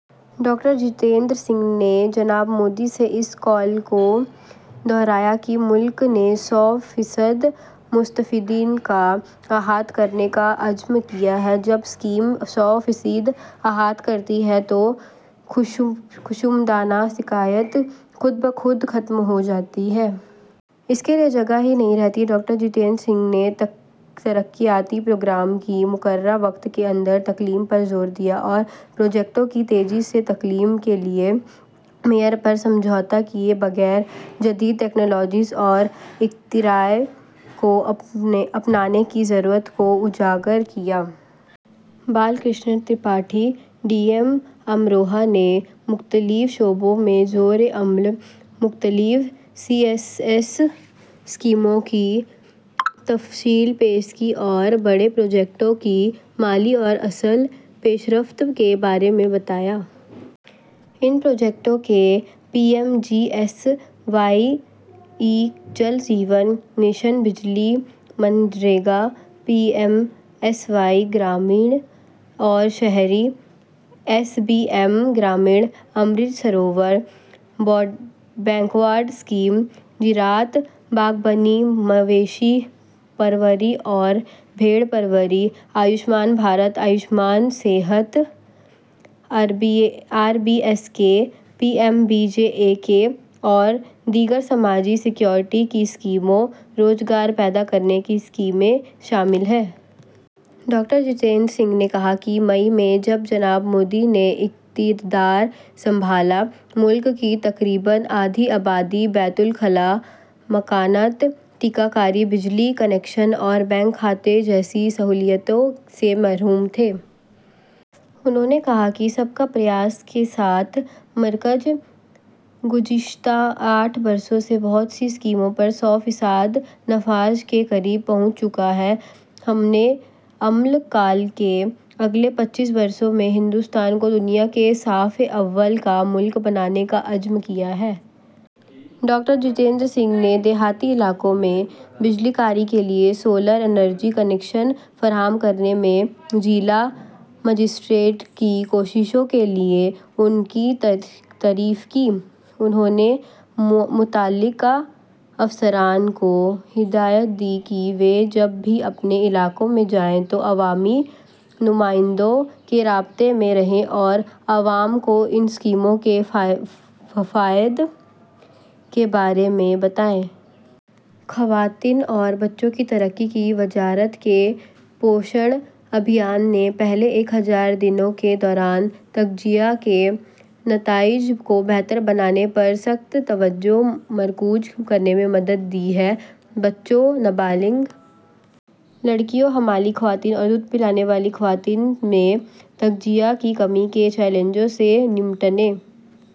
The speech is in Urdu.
ڈاکٹر جتیندر سنگھ نے جناب مودی کے اس قول کو دہرایا کہ ملک نے سو فیصد مستفدین کا احاطہ کرنے کا عزم کیا ہے۔ جب اسکیم سو فیصد احاطہ کرتی ہے تو خوشامدانہ سیاست خود بخود ختم ہو جاتی ہے۔ اس کے لیے جگہ ہی نہیں رہتی۔ ڈاکٹر جتیندر سنگھ نے ترقیاتی پروگراموں کی مقررہ وقت کے اندر تکمیل پر زور دیا اور پروجیکٹوں کی تیزی سے تکمیل کے لیے معیار پر سمجھوتہ کیے بغیر جدید ٹیکنالوجیز اور اختراع کو اپنانے کی ضرورت کو اجاگر کیا۔ بال کرشنا ترپاٹھی، ڈی ایم امروہہ نے مختلف شعبوں میں زیر عمل مختلف سی ایس ایس اسکیموں کی تفصیل پیش کی اور بڑے پروجیکٹوں کی مالیاتی اور اصل پیش رفت کے بارے میں بتایا۔ ان پروجیکٹوں میں P M G S Y, Jal Jeevan mission, بجلی، منریگا، پی ایم اے وائی دیہی اور شہری، S B M Gramin, Amrit Sarovar, back to village scheme, زراعت، باغبانی، مویشی پروری اور بھیڑ پروری، آیوشمان بھارت ابھیان، صحت، R B S K, P M B J A K اور دیگر سماجی سکیورٹی کی اسکیمیں، روزگار پیدا کرنے کی اسکیمیں شامل ہیں۔ ڈاکٹر جتیندر سنگھ نے کہا کہ مئی میں جب جناب مودی نے اقتدار سنبھالا، ملک کی تقریباً آدھی آبادی بیت الخلاء، مکانات، ٹیکہ کاری، بجلی کنکشن اور بینک کھاتوں جیسی سہولیات سے محروم تھی۔ انھوں نے کہا کہ سب کا پریاس کے ساتھ مرکز گزشتہ آٹھ برسوں میں بہت سی اسکیموں پر سو فیصد نفاذ کے قریب پہنچا ہے۔ ہم نے امرت کال کے اگلے پچیس برسوں میں ہندوستان کو دنیا میں صفِ اول کا ملک بنانے کا عزم کیا ہے۔ ڈاکٹر جتیندر سنگھ نے دیہی علاقوں میں بجلی کاری کے لیے شمسی توانائی کنکشن فراہم کرنے میں ضلع مجسٹریٹ کی کوششوں کے لیے ان کی تعریف کی۔ انھوں نے متعلقہ افسران کو ہدایت دی کہ وہ جب بھی اپنے علاقوں میں جائیں تو عوامی نمائندوں کے رابطے میں رہیں اور عوام کو ان اسکیموں کے فوائد کے بارے میں بتائیں۔ خواتین اور بچوں کی ترقی کی وزارت پوشن ابھیان نے پہلے ایک ہزار دنوں کے دوران تغذیہ کے نتائج کو بہتر بنانے پر سخت توجہ مرکوز کرنے میں مدد دی ہے۔ بچوں، نابالغ لڑکیوں، حاملہ خواتین اور دودھ پلانے والی خواتین میں تغذیہ کی کمی کے چیلنجوں سے نمٹنے